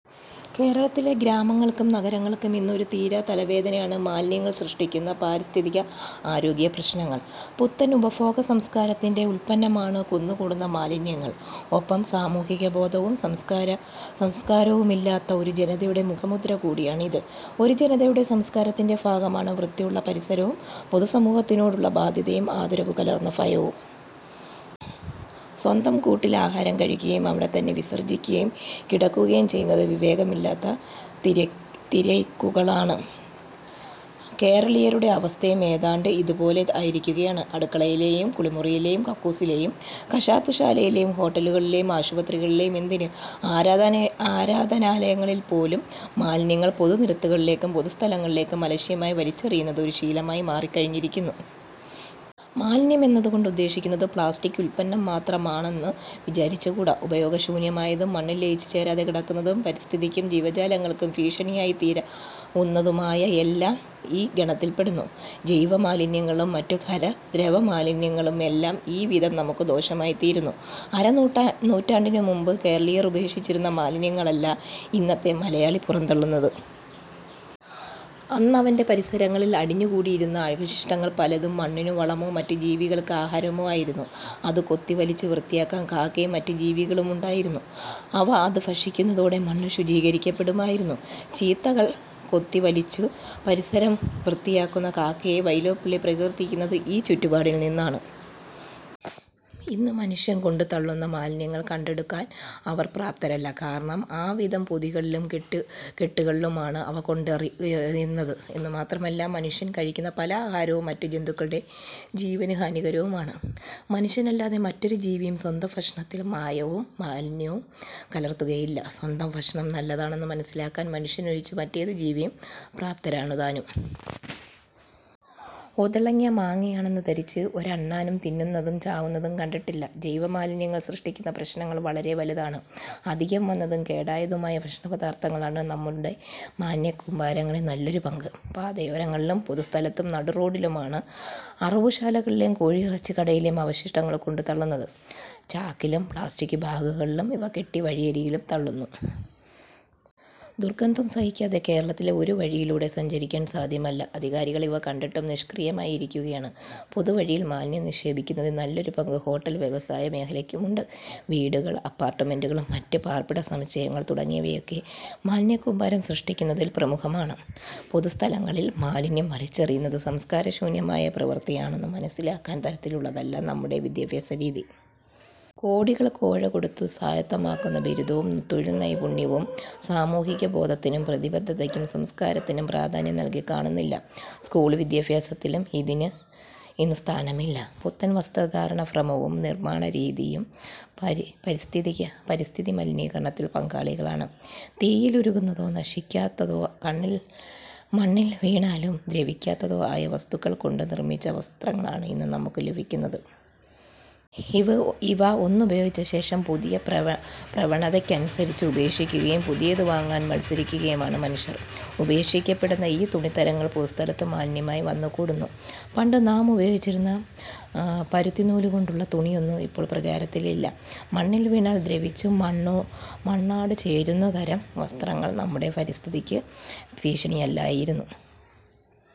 കേരളത്തിലെ ഗ്രാമങ്ങൾക്കും നഗരങ്ങൾക്കും ഇന്ന് ഒരു തീരാത്തല വേദനയാണ് മാലിന്യങ്ങൾ സൃഷ്ടിക്കുന്ന പാരിസ്ഥിതിക-ആരോഗ്യ പ്രശ്നങ്ങൾ. പുത്തൻ ഉപഭോഗസംസ്കാരത്തിന്റെ ഉത്പന്നമാണ് കുന്നു കൂടുന്ന മാലിന്യങ്ങൾ. ഒപ്പം സാമൂഹികബോധവും സംസ്കാരവുമി ല്ലാത്ത ഒരു ജനതയുടെ മുഖമുദ്രകൂടിയാണ് ഇത്. ഒരു ജനതയുടെ സംസ്കാരത്തിന്റെ ഭാഗമാണ് വൃത്തിയുള്ള പരിസരവും പൊതുസമൂ ഹത്തിനോടുള്ള ബാധ്യതയും ആദരവു കലർന്ന ഭയവും. സ്വന്തം കൂട്ടിൽ ആഹാരം കഴിക്കുകയും അവിടെത്തന്നെ വിസർജ്ജിക്കുകയും കിട ക്കുകയും ചെയ്യുന്നത് വിവേകമില്ലാത്ത തിര്യക്കുകളാണ്. കേരളീയ രുടെ അവസ്ഥയും ഏതാണ്ട് ഇതുപോലെ ആയിരിക്കുകയാണ്. അടു ക്കളയിലെയും കുളിമുറിയിലെയും കക്കൂസിലെയും കശാപ്പുശാലയി ലെയും ഹോട്ടലുകളിലെയും ആശുപത്രികളിലെയും എന്തിന് ആരാ ധനാലയ ങ്ങളിലെപ്പോലും മാലിന്യങ്ങൾ പൊതുനിരത്തുകളിലേക്കും പൊതുസ്ഥലങ്ങളിലേക്കും അലക്ഷ്യമായി വലിച്ചെറിയുന്നത് ഒരു ശീല മായി മാറിക്കഴിഞ്ഞിരിക്കുന്നു. മാലിന്യം എന്നതുകൊണ്ട് ഉദ്ദേശിക്കുന്നത് പ്ലാസ്റ്റിക് ഉത്പന്നം മാത്ര മാണെന്നു വിചാരിച്ചുകൂടാ. ഉപയോഗശൂന്യമായതും മണ്ണിൽ ലയിച്ചു ചേരാതെ കിടക്കുന്നതും പരിസ്ഥിതിക്കും ജീവജാലങ്ങൾക്കും ഭീഷ ണിയായിത്തീരാവുന്നതുമായ എല്ലാം ഈ ഗണത്തിൽപ്പെടുന്നു. ജൈവ മാലിന്യങ്ങളും മറ്റു ഖര-ദ്രവമാലിന്യങ്ങളും എല്ലാം ഈവിധം നമുക്കു ദോഷമായിത്തീരുന്നു. അരനൂറ്റാണ്ടിനുമുമ്പ് കേരളീയർ ഉപേക്ഷിച്ചിരുന്ന മാലിന്യങ്ങളല്ല ഇന്നത്തെ മലയാളി പുറന്തള്ളുന്നത്. അന്നവന്റെ പരിസരങ്ങളിൽ അടി ഞ്ഞുകൂടിയിരുന്ന അവശിഷ്ടങ്ങൾ പലതും മണ്ണിനു വളമോ മറ്റു ജീവികൾക്ക് ആഹാരമോ ആയിരുന്നു. അത് കൊത്തിവലിച്ചു വൃത്തിയാ ക്കാൻ കാക്കയും മറ്റു ജീവികളുമുണ്ടായിരുന്നു. അവ അത് ഭക്ഷി ക്കുന്നതോടെ മണ്ണ് ശുചീകരിക്കപ്പെടുമായിരുന്നു. ചീത്തകൾ കൊത്തി വലിച്ചു പരിസരം വൃത്തിയാക്കുന്ന കാക്കയെ വൈലോപ്പിള്ളി പ്രകീർത്തി ക്കുന്നത് ഈ ചുറ്റുപാടിൽനിന്നാണ്. ഇന്നു മനുഷ്യൻ കൊണ്ടുത്തള്ളുന്ന മാലിന്യങ്ങൾ കണ്ടെടുക്കാൻ അവർ പ്രാപ്തരല്ല. കാരണം ആവിധം പൊതികളിലും കെട്ടുകളിലുമാണ് അവ കൊണ്ടറിയുന്നത്. എന്നു മാത്രമല്ല, മനുഷ്യൻ കഴിക്കുന്ന പല ആഹാരവും മറ്റു ജന്തുക്കളുടെ ജീവന് ഹാനികരവുമാണ്. മനുഷ്യനല്ലാതെ മറ്റൊരു ജീവിയും സ്വന്തം ഭക്ഷണത്തിൽ മായവും മാലിന്യവും കലർത്തുകയില്ല. സ്വന്തം ഭക്ഷണം നല്ലതാണെന്നു മനസ്സിലാക്കാൻ മനുഷ്യനൊഴിച്ച് മറ്റേതു ജീവിയും പ്രാപ്തരാണുതാനും. ഒതളങ്ങ മാങ്ങയാണെന്നു ധരിച്ച് ഒരണ്ണാനും തിന്നുന്നതും ചാവുന്നതും കണ്ടിട്ടില്ല. ജൈവമാലിന്യങ്ങൾ സൃഷ്ടിക്കുന്ന പ്രശ്നങ്ങൾ വളരെ വലുതാണ്. അധികം വന്നതും കേടായതുമായ ഭക്ഷണപദാർത്ഥങ്ങളാണ് നമ്മുടെ മാലിന്യക്കൂമ്പാരങ്ങളിൽ നല്ലൊരു പങ്ക്. പാതയോരങ്ങളിലും പൊതു സ്ഥലത്തും നടുറോഡിലുമാണ് അറവുശാലകളിലെയും കോഴിയിറ ച്ചിക്കടയിലെയും അവശിഷ്ടങ്ങൾ കൊണ്ടുത്തള്ളുന്നത്. ചാക്കിലും പ്ലാസ്റ്റിക്കു ബാഗുകളിലും ഇവ കെട്ടി വഴിയരികിലും തള്ളുന്നു. ദുർ ഗന്ധം സഹിക്കാതെ കേരളത്തിലെ ഒരു വഴിയിലൂടെ സഞ്ചരിക്കാൻ സാധ്യമല്ല. അധികാരികൾ ഇവ കണ്ടിട്ടും നിഷ്ക്രിയമായി ഇരിക്കുക യാണ്. പൊതുവഴിയിൽ മാലിന്യം നിക്ഷേപിക്കുന്നതിൽ നല്ലൊരു പങ്ക് ഹോട്ടൽ വ്യവസായ മേഖലയ്ക്കുമുണ്ട്. വീടുകൾ, അപ്പാർട്ടുമെന്റുകൾ, മറ്റു പാർപ്പിട സമുച്ചയങ്ങൾ തുടങ്ങിയവയൊക്കെ മാലിന്യക്കൂമ്പാരം സൃഷ്ടിക്കുന്നതിൽ പ്രമുഖരാണ്. പൊതുസ്ഥലങ്ങളിൽ മാലിന്യം വലി ച്ചെറിയുന്നത് സംസ്കാരശൂന്യമായ പ്രവൃത്തിയാണെന്നു മനസ്സിലാ ക്കാൻതരത്തിലുള്ളതല്ല നമ്മുടെ വിദ്യാഭ്യാസരീതി. കോടികൾ കോഴ കൊടുത്തു സ്വായത്തമാക്കുന്ന ബിരുദവും തൊഴിൽനൈപുണ്യവും സാമൂഹികബോധത്തിനും പ്രതിബദ്ധതയ്ക്കും സംസ്കാരത്തിനും പ്രാധാന്യം നല്കി കാണുന്നില്ല. സ്കൂൾ വിദ്യാഭ്യാസത്തിലും ഇതിന് ഇന്നു സ്ഥാനമില്ല. പുത്തൻ വസ്ത്രധാരണഭ്രമവും നിർമ്മാണരീതിയും പരിസ്ഥിതിമ ലീനീകരണത്തിൽ പങ്കാളികളാണ്. തീയിൽ ഉരുകുന്നതോ നശിക്കാ ത്തതോ മണ്ണിൽ വീണാലും ദ്രവിക്കാത്തതോ ആയ വസ്തുക്കൾക്കൊണ്ട് നിർമ്മിച്ച വസ്ത്രങ്ങളാണ് ഇന്നു നമുക്കു ലഭിക്കുന്നത്. ഇവ ഒന്നുപ യോഗിച്ചശേഷം പുതിയ പ്രവണതയ്ക്കനുസരിച്ച് ഉപേക്ഷിക്കുകയും പുതിയതു വാങ്ങാൻ മത്സരിക്കുകയുമാണ് മനുഷ്യർ. ഉപേക്ഷിക്കപ്പെ ടുന്ന ഈ തുണിത്തരങ്ങൾ പൊതുസ്ഥലത്തു മാലിന്യമായി വന്നുകൂ ടുന്നു. പണ്ടു നാം ഉപയോഗിച്ചിരുന്ന പരുത്തിനൂലുകൊണ്ടുള്ള തുണി യൊന്നും ഇപ്പോൾ പ്രചാരത്തിലില്ല. മണ്ണിൽ വീണാൽ ദ്രവിച്ചു മണ്ണാടു ചേരുന്നതരം വസ്ത്രങ്ങൾ നമ്മുടെ പരിസ്ഥിതിക്ക് ഭീഷണിയല്ലായി രുന്നു.